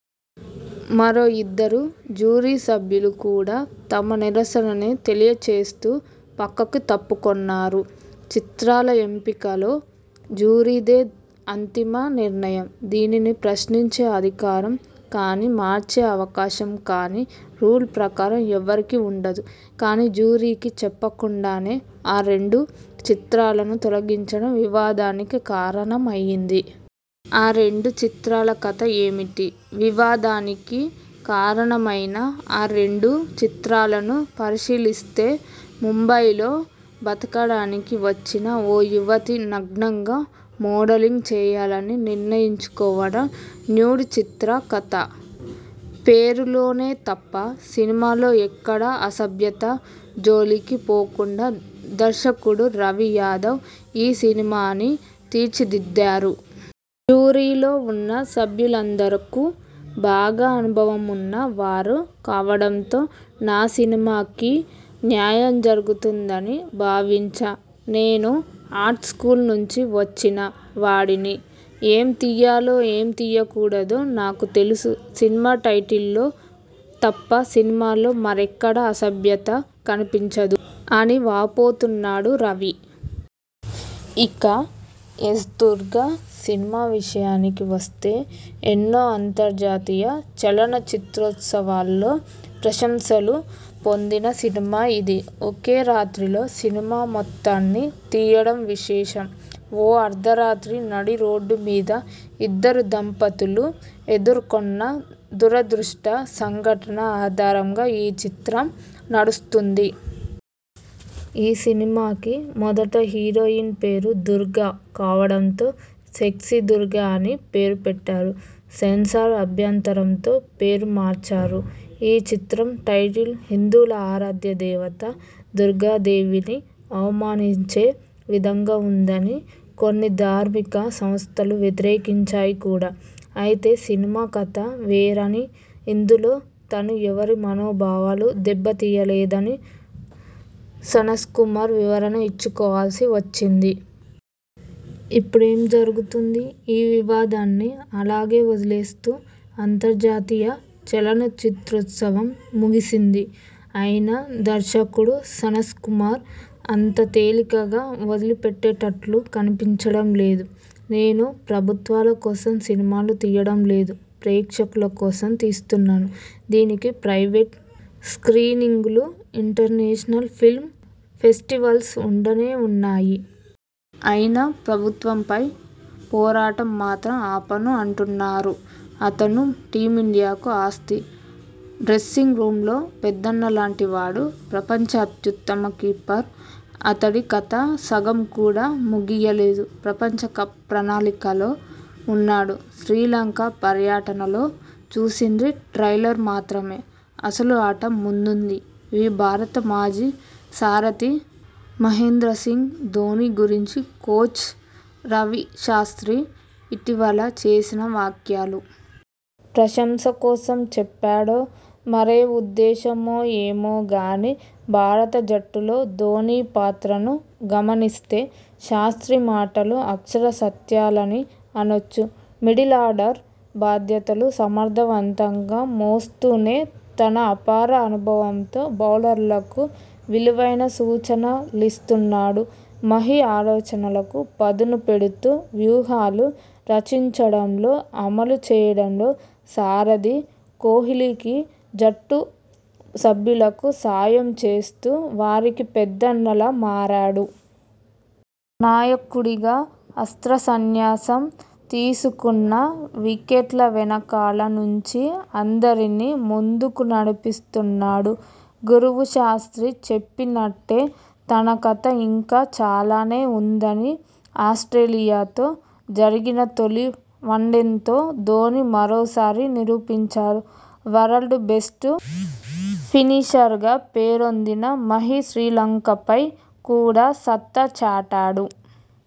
మరో ఇద్దరు జ్యూరీ సభ్యులు కూడా తమ నిరసనని తెలియచేస్తూ పక్కకు తప్పుకొన్నారు. చిత్రాల ఎంపికలో జ్యూరీదే అంతిమ నిర్ణయం. దీనిని ప్రశ్నించే అధికారం కానీ, మార్చే అవకాశం కానీ రూల్ ప్రకారం ఎవరికీ ఉండదు. కానీ జ్యూరీకి చెప్పకుండానే ఆ రెండు చిత్రాలను తొలగించడం వివాదానికి కారణమైంది. ఆ రెండు చిత్రాల కథ ఏమిటి? వివాదానికి కారణమైన ఆ రెండు చిత్రాలను పరిశీలిస్తే ముంబైలో బతకడానికి వచ్చిన ఓ యువతి నగ్నంగా మోడలింగ్ చేయాలని నిర్ణయించుకోవడ 'న్యూడ్' చిత్ర కథ. పేరులోనే తప్ప సినిమాలో ఎక్కడా అసభ్యత జోలికి పోకుండా దర్శకుడు రవి యాదవ్ ఈ సినిమాని తీర్చిదిద్దారు. ' జ్యూరీలో ఉన్న సభ్యులందరకూ బాగా అనుభవమున్న వారు కావడంతో నా సినిమాకి న్యాయం జరుగుతుందని భావించా. నేను ఆర్ట్ స్యూల్ నుంచి వచ్చిన వాడిని. ఏం తీయాలో ఏం తియ్యకూడదో నాకు తెలుసు. సినిమా టైటిల్లో తప్ప సినిమాలో మరెక్కడా అసభ్యత కనిపించదు. ' అని వాపోతున్నాడు రవి. ఇక 'ఎస్. దుర్గ' సినిమా విషయానికి వస్తే ఎన్నో అంతర్జాతీయ చలనచిత్రోత్సవాల్లో ప్రశంసలు పొందిన సినిమా ఇది. ఒకే రాత్రిలో సినిమా మొత్తాన్ని తీయడం విశేషం. ఓ అర్థరాత్రి నడి రోడ్డు మీద ఇద్దరు దంపతులు ఎదుర్కొన్న దురదృష్ట సంఘటన ఆధారంగా ఈ చిత్రం నడుస్తుంది. ఈ సినిమాకి మొదట హీరోయిన్ పేరు దుర్గ కావడంతో 'సెక్సీ దుర్గ' అని పేరు పెట్టారు. సెన్సార్ అభ్యంతరంతో పేరు మార్చారు. ఈ చిత్రం టైటిల్ హిందువుల ఆరాధ్య దేవత దుర్గాదేవిని అవమానించే విధంగా ఉందని కొన్ని ధార్మిక సంస్థలు వ్యతిరేకించాయి కూడా. అయితే సినిమా కథ వేరనీ, ఇందులో తను ఎవరి మనోభావాలు దెబ్బతీయలేదని సొనస్కుమార్ వివరణ ఇచ్చుకోవాల్సి వచ్చింది. ఇప్పుడేం జరుగుతుంది? ఈ వివాదాన్ని అలాగే వదిలేస్తూ అంతర్జాతీయ చలనచిత్రోత్సవం ముగిసింది. అయినా దర్శకుడు సనస్కుమార్ అంత తేలికగా వదిలిపెట్టేట్లు కనిపించడం లేదు. నేను ప్రభుత్వాల కోసం సినిమాలు తీయడం లేదు. ప్రేక్షకుల కోసం తీస్తున్నాను. దీనికి ప్రైవేట్ స్ర్కీనింగులు, ఇంటర్నేషనల్ ఫిల్మ్ ఫెస్టివల్స్ ఉండనే ఉన్నాయి. అయినా ప్రభుత్వంపై పోరాటం మాత్రం ఆపను' అంటున్నారు. 'అతను టీమిండియాకు ఆస్తి. డ్రెస్సింగ్ రూమ్లో పెద్దన్నలాంటి వాడు. ప్రపంచ అత్యుత్తమ కీపర్! అతడి కథ సగం కూడా ముగియలేదు. ప్రపంచ కప్ ప్రణాళికల్లో ఉన్నాడు. శ్రీలంక పర్యటనలో చూసింది ట్రైలర్ మాత్రమే ఆసలు ఆట ముందుంది' ఇవీ భారత మాజీ సారథి మహేంద్రసింగ్ ధోనీ గురించి కోచ్ రవిశాస్ర్తి ఇటీవల చేసిన వ్యాఖ్యలు! ప్రశంసకోసం చెప్పాడో మరే ఉద్దేశమో ఏమో గానీ భారత జట్టులో ధోనీ పాత్రను గమనిస్తే శాస్ర్తి మాటలు అక్షర సత్యాలని అనొచ్చు! మిడిలార్డర్ బాధ్యతలు సమర్థవంతంగా మోస్తూనే తన అపార అనుభవంతో బౌలర్లకు విలువైన సూచనలిస్తున్నాడు మహీ! ఆలోచనలకు పదును పెడుతూ వ్యూహాలు రచించడంలో అమలు చేయడంలో సారథి కోహ్లీకి, జట్టు సభ్యులకు సాయం చేస్తూ వారికి పెద్దన్నలా మారాడు! నాయకుడిగా అస్త్రసన్యాసం తీసుకున్నా వికెట్ల వెనకాల నుంచి అందరినీ ముందుకు నడిపిస్తున్నాడు! గురువు శాస్ర్తి చెప్పినట్టే తన కథ ఇంకా చాలానే ఉందని ఆస్ట్రేలియాతో జరిగిన తొలి వన్డేతో ధోనీ మరోసారి నిరూపించాడు. వరల్డ్ బెస్ట్ ఫినిషర్గా పేరొందిన మహీ శ్రీలంకపై కూడా సత్తా చాటాడు.